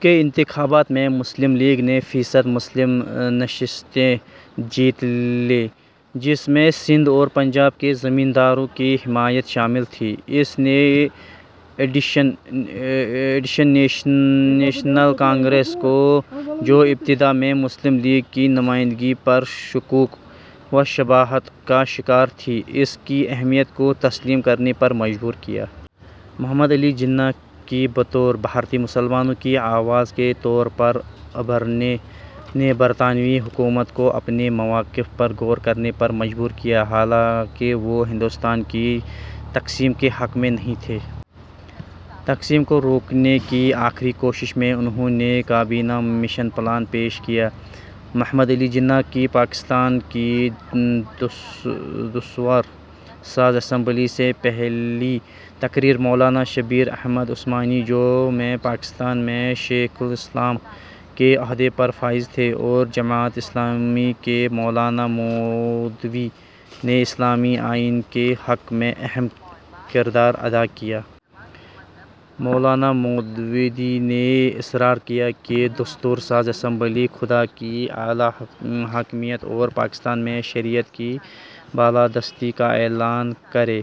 کے انتخابات میں مسلم لیگ نے فیصد مسلم نشستیں جیت لیں، جس میں سندھ اور پنجاب کے زمینداروں کی حمایت شامل تھی۔ اس نے انڈین نیشنل کانگریس کو، جو ابتدا میں مسلم لیگ کی نمائندگی پر شکوک و شبہات کا شکار تھی، اس کی اہمیت کو تسلیم کرنے پر مجبور کیا۔ محمد علی جناح کی بطور بھارتی مسلمانوں کی آواز کے طور پر ابھرنے نے برطانوی حکومت کو اپنے موقف پر غور کرنے پر مجبور کیا، حالانکہ وہ ہندوستان کی تقسیم کے حق میں نہیں تھے۔ تقسیم کو روکنے کی آخری کوشش میں، انھوں نے کابینہ مشن پلان پیش کیا۔ —محمد علی جناح کی پاکستان کی دستور ساز اسمبلی سے پہلی تقریر مولانا شبیر احمد عثمانی، جو میں پاکستان میں شیخ الاسلام کے عہدے پر فائز تھے اور جماعت اسلامی کے مولانا مودودی نے اسلامی آئین کے حق میں اہم کردار ادا کیا۔ مولانا مودودی نے اصرار کیا کہ دستور ساز اسمبلی "خدا کی اعلیٰ حاکمیت" اور پاکستان میں شریعت کی بالادستی کا اعلان کرے۔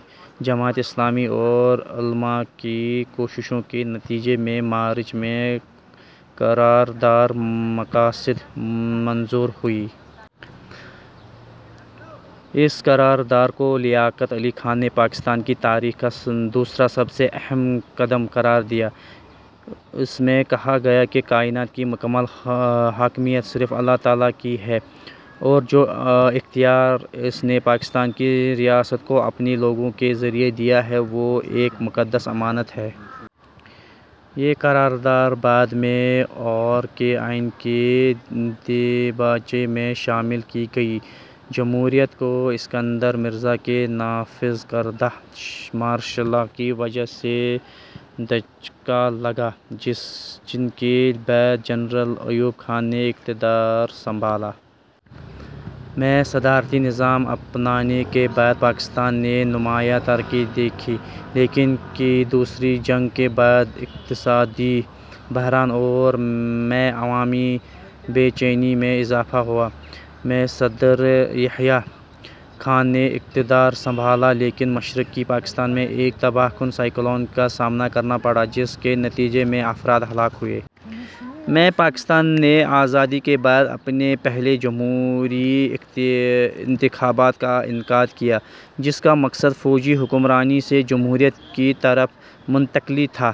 جماعت اسلامی اور علما کی کوششوں کے نتیجے میں مارچ میں قرارداد مقاصد منظور ہوئی۔ اس قرارداد کو لیاقت علی خان نے پاکستان کی تاریخ کا دوسرا سب سے اہم قدم قرار دیا۔ اس میں کہا گیا کہ "کائنات کی مکمل حاکمیت صرف اللہ تعالیٰ کی ہے اور جو اختیار اس نے پاکستان کی ریاست کو اپنے لوگوں کے ذریعے دیا ہے، وہ ایک مقدس امانت ہے"۔ یہ قرارداد بعد میں ، اور کے آئین کے دیباچے میں شامل کی گئی۔ جمہوریت کو اسکندر مرزا کے نافذ کردہ مارشل لا کی وجہ سے دھچکا لگا، جن کے بعد جنرل ایوب خان نے اقتدار سنبھالا۔ میں صدارتی نظام اپنانے کے بعد، پاکستان نے نمایاں ترقی دیکھی، لیکن کی دوسری جنگ کے بعد اقتصادی بحران اور میں عوامی بے چینی میں اضافہ ہوا۔ میں صدر یحییٰ خان نے اقتدار سنبھالا، لیکن مشرقی پاکستان میں ایک تباہ کن سائیکلون کا سامنا کرنا پڑا جس کے نتیجے میں افراد ہلاک ہوئے۔ میں، پاکستان نے آزادی کے بعد اپنے پہلے جمہوری انتخابات کا انعقاد کیا، جس کا مقصد فوجی حکمرانی سے جمہوریت کی طرف منتقلی تھا۔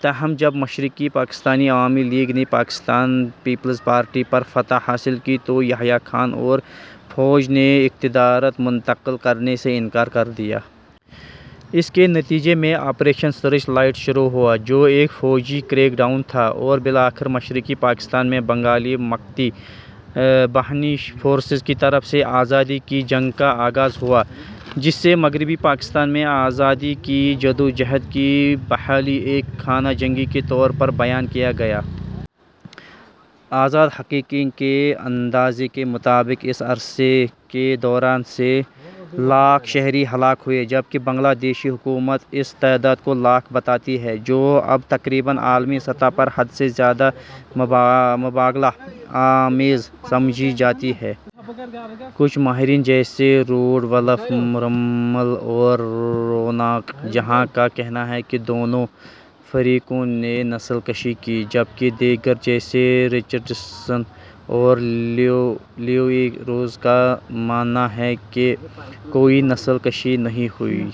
تاہم، جب مشرقی پاکستانی عوامی لیگ نے پاکستان پیپلز پارٹی پر فتح حاصل کی، تو یحییٰ خان اور فوج نے اقتدار منتقل کرنے سے انکار کر دیا۔ اس کے نتیجے میں آپریشن سرچ لائٹ شروع ہوا، جو ایک فوجی کریک ڈاؤن تھا اور بالآخر مشرقی پاکستان میں بنگالی مکتی باہنی فورسز کی طرف سے آزادی کی جنگ کا آغاز ہوا، جسے مغربی پاکستان میں آزادی کی جدوجہد کی بجائے ایک خانہ جنگی کے طور پر بیان کیا گیا۔ آزاد محققین کے اندازے کے مطابق اس عرصے کے دوران سے لاکھ شہری ہلاک ہوئے جبکہ بنگلہ دیشی حکومت اس تعداد کو لاکھ بتاتی ہے، جو اب تقریباً عالمی سطح پر حد سے زیادہ مبالغہ آمیز سمجھی جاتی ہے۔ کچھ ماہرین جیسے روڈولف رمل اور روناق جہاں کا کہنا ہے کہ دونوں فریقوں نے نسل کشی کی؛ جبکہ دیگر جیسے رچرڈ سیسن اور لیو ای روز کا ماننا ہے کہ کوئی نسل کشی نہیں ہوئی۔